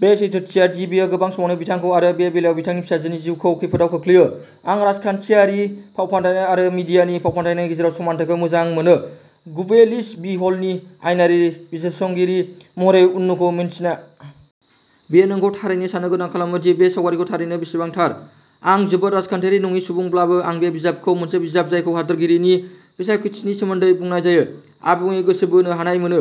बे सैथोथिया दि बेयो गोबां समावनो बिथांखौ आरो बे बेलायाव बिथांनि फिसाजोनि जिउखौ खैफोदआव खोख्लैयो। आं राजखान्थियारि फावफान्दायनाय आरो मिडियानि फावफान्दायनायनि गेजेराव समानथायखौ मोजां मोनो, गुबैयै लिस विहलनि आयेनारि बिजिरसंगिरि महरै उननुखौ मिन्थिना। बेयो नोंखौ थारैनो साननो गोनां खालामो दि बे सावगारिखौ थारैनो बेसेबां थार। आं जोबोद राजखान्थियारि नङि सुबुंब्लाबो, आं बे बिजाबखौ मोनसे बिजाब जायखौ हादोरगिरिनि बिसायख'थिनि सोमोन्दै बुंनाय जायो। आबुङै गोसो बोनो हानाय मोनो।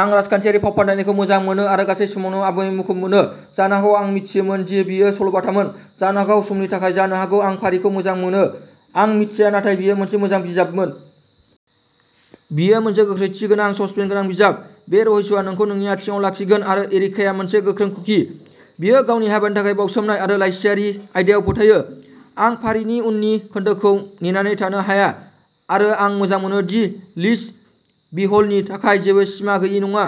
आं राजखान्थियारि फावफान्दायनायखौ मोजां मोनो आरो गासै समावनो आबुङै मुखुब मोनो। जानो हागौ आं मिथियोमोन दि बेयो सल'बाथामोन, जानो हागौ समनि थाखाय, जानो हागौ आं फारिखौ मोजां मोनो। आं मिथिया, नाथाय बेयो मोनसे मोजां बिजाबमोन। बेयो मोनसे गोख्रैथि गोनां, ससपेन्सगोनां बिजाब। बे रहस्यआ नोंखौ नोंनि आथिंआव लाखिगोन आरो एरिकाया मोनसे गोख्रों कुकि। बियो गावनि हाबानि थाखाय बावसोमनाय आरो लाइसिआरि आयदायाव फोथायो। आं फारिनि उननि खोन्दोखौ नेनानै थानो हाया आरो आं मोजां मोनो दि लिस विहलनि थाखाय जेबो सिमा गैयै नङा।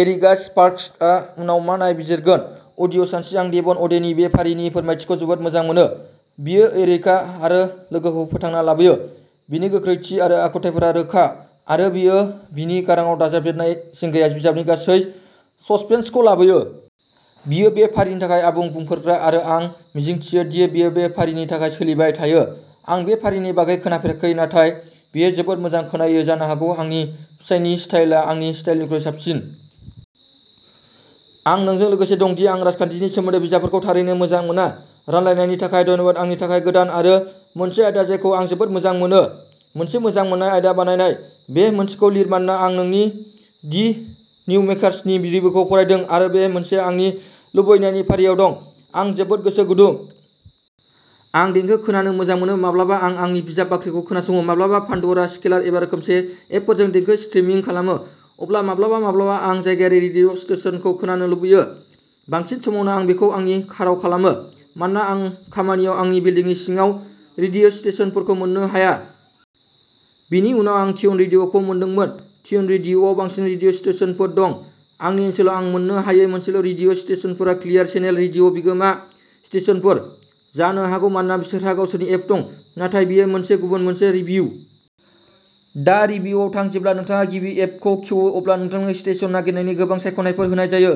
एरिका स्पार्क्सआ उनाव मा नायबिजिरगोन? अडिअ' सानस्रि आं डेभन अ'डेनि बे फारिनि फोरमायथिखौ जोबोद मोजां मोनो। बियो एरिका आरो लोगोखौ फोथांना लाबोयो! बिनि गोख्रैथि आरो आखुथायफोरा रोखा आरो बियो बिनि गारांआव दाजाबदेरनाय जिंगाया बिजाबनि गासै ससपेन्सखौ लाबोयो। बियो बे फारिनि थाखाय आबुं बुंफोरग्रा आरो आं मिजिंथियो दि बियो बे फारिनि थाखाय सोलिबाय थायो। आं बे फारिनि बागै खोनाफेराखै, नाथाय बेयो जोबोद मोजां खोनायो जानो हागौ आंनि फिसायनि स्टाइलआ आंनि स्टाइलनिख्रुइ साबसिन। आं नोंजों लोगोसे दं दि आं राजखान्थिनि सोमोन्दै बिजाबफोरखौ थारैनो मोजां मोना। रानलायनायनि थाखाय धन्यबाद आंनि थाखाय गोदान आरो मोनसे आयदा जायखौ आं जोबोद मोजां मोनो। मोनसे मोजां मोन्नाय आयदा बानायनाय। बे मोनसेखौ लिर मानोना आं नोंनि दि निउजमेकर्सनि रिभिउखौ फरायदों आरो बे मोनसेआ आंनि लुबैनायनि फारियाव दं, आं जोबोद गोसो गुदुं! आं देंखो खोनानो मोजां मोनो। माब्लाबा आं आंनि बिजाब बाख्रिखौ खोनासङो, माब्लाबा पान्ड'रा, स्लेकार एबा रोखोमसे एपफोरजों देंखो स्ट्रिमिं खालामो। अब्ला माब्लाबा माब्लाबा आं जायगायारि रेडिय'स्टेशनखौ खोनानो लुबैयो। बांसिन समावनो आं बेखौ आंनि काराव खालामो मानोना आं खामानियाव आंनि बिल्दिंनि सिङाव रेडिय'स्टेशनफोरखौ मोननो हाया। बेनि उनाव आं ट्युनइन रेडिय'खौ मोनदोंमोन। ट्युनइन रेडिय'आव बांसिन रेडिय'स्टेशनफोर दं। आंनि ओनसोलाव आं मोन्नो हायै मोनसेल' रेडिय' स्टेशनफोरा क्लियार चेनेल रेडिय'नि बिगोमा स्टेशनफोर, जानो हागौ मानोना बिसोरहा गावसोरनि एप दं, नाथाय बेयो गुबुन मोनसे रिभिउ। दा रिभिउआव थां। जेब्ला नोंथाङा गिबि एपखौ खेवो अब्ला नोंथांनो स्टेशन नागिरनायनि गोबां सायख'नायफोर होनाय जायो।